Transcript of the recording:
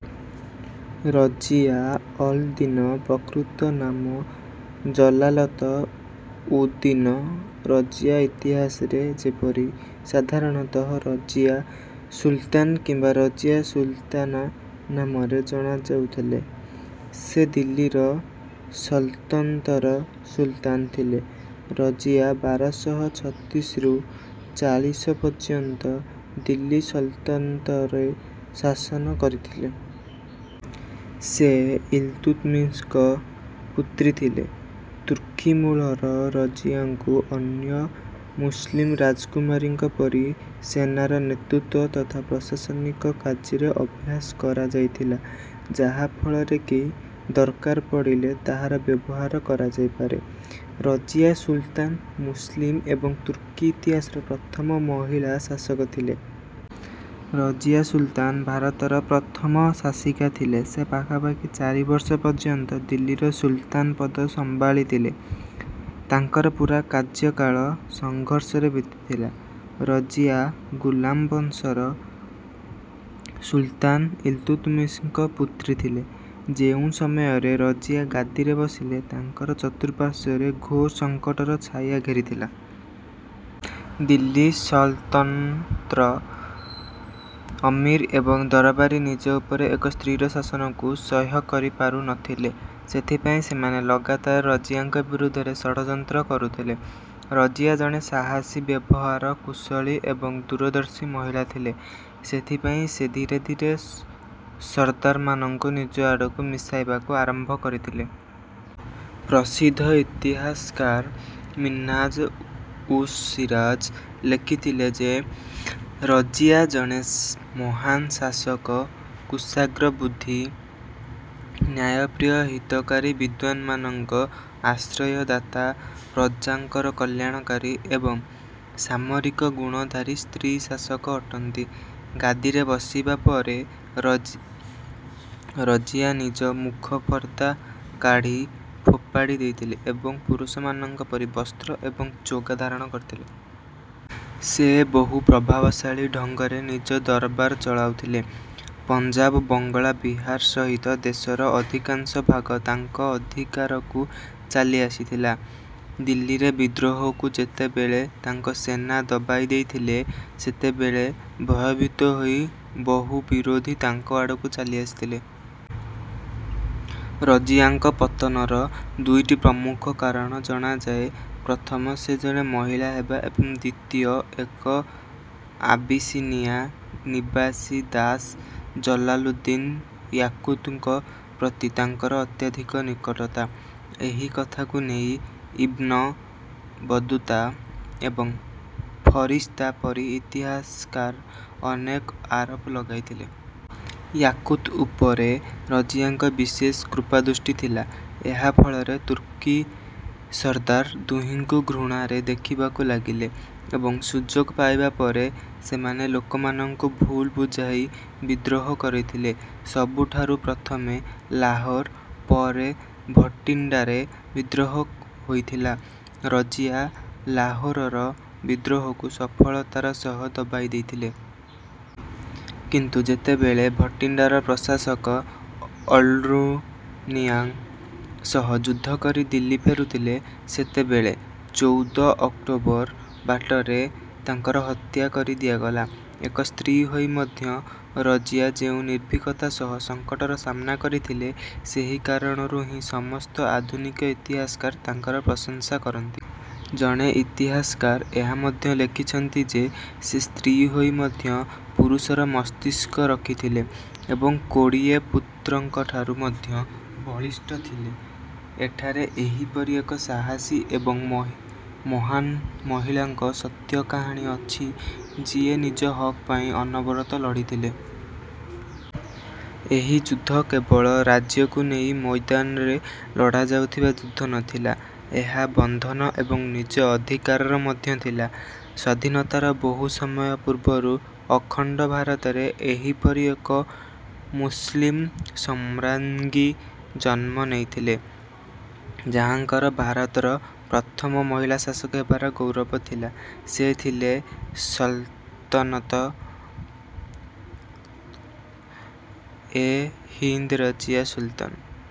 ରଜିୟା ଅଲ ଦିନ ପ୍ରକୃତ ନାମ ଜଲାଲତ ଉଦ ଦିନ ରଜିୟା ଇତିହାସରେ ଯେପରି ସାଧାରଣତଃ ରଜିୟା ସୁଲତାନ କିମ୍ବା ରଜିୟା ସୁଲତାନା ନାମରେ ଜଣାଯାଉଥିଲେ। ସେ ଦିଲ୍ଲୀ ସଲତନତର ସୁଲତାନ ଥିଲେ। ରଜିୟା ବାର ଶହ ଛତିଶରୁ ଚାଲିଶ ପର୍ଯ୍ୟନ୍ତ ଦିଲ୍ଲୀ ସଲତନତରେ ଶାସନ କରିଥିଲେ। ସେ ଇଲତୁତମିଶଙ୍କ ପୁତ୍ରୀ ଥିଲେ। ତୁର୍କୀ ମୂଳର ରଜିୟାଙ୍କୁ ଅନ୍ୟ ମୁସଲିମ ରାଜକୁମାରୀଙ୍କ ପରି ସେନାର ନେତୃତ୍ୱ ଥତା ପ୍ରଶାସନିକ କାର୍ଯ୍ୟରେ ଅଭ୍ୟାସ କରାଯାଇଥିଲା ଯାହାଫଳରେ କି ଦରକାର ପଡ଼ିଲେ ତାହାର ବ୍ୟବହାର କରାଯାଇପାରେ। ରଜିୟା ସୁଲତାନ ମୁସଲିମ ଏବଂ ତୁର୍କୀ ଇତିହାସର ପ୍ରଥମ ମହିଳା ଶାସକ ଥିଲେ। ରଜିୟା ସୁଲତାନ ଭାରତର ପ୍ରଥମ ଶାସିକା ଥିଲେ। ସେ ପାଖାପାଖି ଚାରି ବର୍ଷ ପର୍ଯ୍ୟନ୍ତ ଦିଲ୍ଲୀର ସୁଲତାନ ପଦ ସମ୍ଭାଳିଥିଲେ। ତାଙ୍କର ପୂରା କାର୍ଯ୍ୟକାଳ ସଂଘର୍ଷରେ ବିତିଥିଲା। ରଜିୟା ଗୁଲାମ ବଂଶର ସୁଲତାନ ଇଲତୁତମିଶଙ୍କ ପୁତ୍ରୀ ଥିଲେ। ଯେଉଁ ସମୟରେ ରଜିୟା ଗାଦିରେ ବସିଲେ ତାଙ୍କର ଚତୁର୍ପାର୍ଶ୍ୱରେ ଘୋର ସଂକଟର ଛାୟା ଘେରିଥିଲା। ଦିଲ୍ଲୀ ସଲତନତର ଅମୀର ଏବଂ ଦରବାରୀ ନିଜ ଉପରେ ଏକ ସ୍ତ୍ରୀର ଶାସନକୁ ସହ୍ୟ କରିପାରୁନଥିଲେ। ସେଥିପାଇଁ ସେମାନେ ଲଗାତାର ରଜିୟାଙ୍କ ବିରୁଦ୍ଧରେ ଷଡ଼ଯନ୍ତ୍ର କରୁଥିଲେ। ରଜିୟା ଜଣେ ସାହସୀ ବ୍ୟବହାର କୁଶଳୀ ଏବଂ ଦୂରଦର୍ଶୀ ମହିଳା ଥିଲେ। ସେଥିପାଇଁ ସେ ଧୀରେ ଧୀରେ ସରଦାରମାନଙ୍କୁ ନିଜ ଆଡ଼କୁ ମିଶାଇବାକୁ ଆରମ୍ଭ କରିଥିଲେ। ପ୍ରସିଦ୍ଧ ଇତିହାସକାର ମିନ୍ହାଜ ଉସ ସିରାଜ ଲେଖିଥିଲେ ଯେ ରଜିୟା ଜଣେ ମହାନ୍ ଶାସକ କୁଶାଗ୍ର ବୁଦ୍ଧି ନ୍ୟାୟପ୍ରିୟ ହିତକାରୀ ବିଦ୍ୱାନମାନଙ୍କ ଆଶ୍ରୟଦାତା ପ୍ରଜାଙ୍କର କଲ୍ୟାଣକାରୀ ଏବଂ ସାମରିକ ଗୁଣଧାରୀ ସ୍ତ୍ରୀ ଶାସକ ଅଟନ୍ତି। ଗାଦିରେ ବସିବା ପରେ ରଜିୟା ନିଜ ମୁଖ ପର୍ଦ୍ଦା କାଢ଼ି ଫୋପାଡ଼ି ଦେଇଥିଲେ ଏବଂ ପୁରୁଷମାନଙ୍କ ପରି ବସ୍ତ୍ର ଏବଂ ଚୋଗା ଧାରଣ କରିଥିଲେ। ସେ ବହୁ ପ୍ରଭାବଶାଳୀ ଢଙ୍ଗରେ ନିଜ ଦରବାର ଚଳାଉଥିଲେ। ପଞ୍ଜାବ ବଙ୍ଗଳା ବିହାର ସହିତ ଦେଶର ଅଧିକାଂଶ ଭାଗ ତାଙ୍କ ଅଧିକାରକୁ ଚାଲିଆସିଥିଲା। ଦିଲ୍ଲୀରେ ବିଦ୍ରୋହକୁ ଯେତେବେଳେ ତାଙ୍କ ସେନା ଦବାଇ ଦେଇଥିଲେ ସେତେବେଳେ ଭୟଭୀତ ହୋଇ ବହୁ ବିରୋଧୀ ତାଙ୍କ ଆଡ଼କୁ ଚାଲି ଆସିଥିଲେ। ରଜିୟାଙ୍କ ପତନର ଦୁଇଟି ପ୍ରମୁଖ କାରଣ ଜଣାଯାଏ। ପ୍ରଥମ ସେ ଜଣେ ମହିଳା ହେବା ଏବଂ ଦ୍ୱିତୀୟ ଏକ ଆବିସିନିଆ ନିବାସୀ ଦାସ ଜଲାଲୁଦ୍ଦିନ ୟାକୁତଙ୍କ ପ୍ରତି ତାଙ୍କର ଅତ୍ୟଧିକ ନିକଟତା। ଏହି କଥାକୁ ନେଇ ଇବ୍ନ ବତୂତା ଏବଂ ଫରିସ୍ତା ପରି ଇତିହାସକାର ଅନେକ ଆରୋପ ଲଗାଇଥିଲେ। ୟାକୁତ ଉପରେ ରଜିୟାଙ୍କ ବିଶେଷ କୃପାଦୃଷ୍ଟି ଥିଲା। ଏହା ଫଳରେ ତୁର୍କୀ ସରଦାର ଦୁହିଁଙ୍କୁ ଘୃଣାରେ ଦେଖିବାକୁ ଲାଗିଲେ ଏବଂ ସୁଯୋଗ ପାଇବା ପରେ ସେମାନେ ଲୋକମାନଙ୍କୁ ଭୁଲ୍ ବୁଝାଇ ବିଦ୍ରୋହ କରିଥିଲେ। ସବୁଠାରୁ ପ୍ରଥମେ ଲାହୋର ପରେ ଭଟିଣ୍ଡାରେ ବିଦ୍ରୋହ ହୋଇଥିଲା। ରଜିୟା ଲାହୋରର ବିଦ୍ରୋହକୁ ସଫଳତାର ସହ ଦବାଇଦେଇଥିଲେ। କିନ୍ତୁ ଯେତେବେଳେ ଭଟିଣ୍ଡାର ପ୍ରଶାସକ ଅଲ୍ତୁନିୟା ସହ ଯୁଦ୍ଧ କରି ଦିଲ୍ଲୀ ଫେରୁଥିଲେ ସେତେବେଳେ ଚୌଦ ଅକ୍ଟୋବର ବାଟରେ ତାଙ୍କର ହତ୍ୟା କରିଦିଆଗଲା। ଏକ ସ୍ତ୍ରୀ ହୋଇ ମଧ୍ୟ ରଜିୟା ଯେଉଁ ନିର୍ଭୀକତା ସହ ସଂକଟର ସାମ୍ନା କରିଥିଲେ ସେହି କାରଣରୁ ହିଁ ସମସ୍ତ ଆଧୁନିକ ଇତିହାସକାର ତାଙ୍କର ପ୍ରଶଂସା କରନ୍ତି। ଜଣେ ଇତିହାସକାର ଏହା ମଧ୍ୟ ଲେଖିଛନ୍ତି ଯେ ସେ ସ୍ତ୍ରୀ ହୋଇ ମଧ୍ୟ ପୁରୁଷର ମସ୍ତିଷ୍କ ରଖିଥିଲେ ଏବଂ କୋଡ଼ିଏ ପୁତ୍ରଙ୍କଠାରୁ ମଧ୍ୟ ବଳିଷ୍ଠ ଥିଲେ। ଏଠାରେ ଏହିପରି ଏକ ସାହସୀ ଏବଂ ମହାନ୍ ମହିଳାଙ୍କ ସତ୍ୟ କାହାଣୀ ଅଛି ଯିଏ ନିଜ ହକ୍ ପାଇଁ ଅନବରତ ଲଢ଼ିଥିଲେ। ଏହି ଯୁଦ୍ଧ କେବଳ ରାଜ୍ୟକୁ ନେଇ ମୈଦାନରେ ଲଢ଼ାଯାଉଥିବା ଯୁଦ୍ଧ ନଥିଲା ଏହା ବନ୍ଧନ ଏବଂ ନିଜ ଅଧିକାରର ମଧ୍ୟ ଥିଲା। ସ୍ୱାଧୀନତାର ବହୁ ସମୟ ପୂର୍ବରୁ ଅଖଣ୍ଡ ଭାରତରେ ଏହିପରି ଏକ ମୁସଲିମ ସମ୍ରାଜ୍ଞୀ ଜନ୍ମ ନେଇଥିଲେ ଯାହାଙ୍କର ଭାରତର ପ୍ରଥମ ମହିଳା ଶାସକ ହେବାର ଗୌରବ ଥିଲା। ସେ ଥିଲେ ସଲତନତ ଏ ହିନ୍ଦ ରଜିୟା ସୁଲତାନ।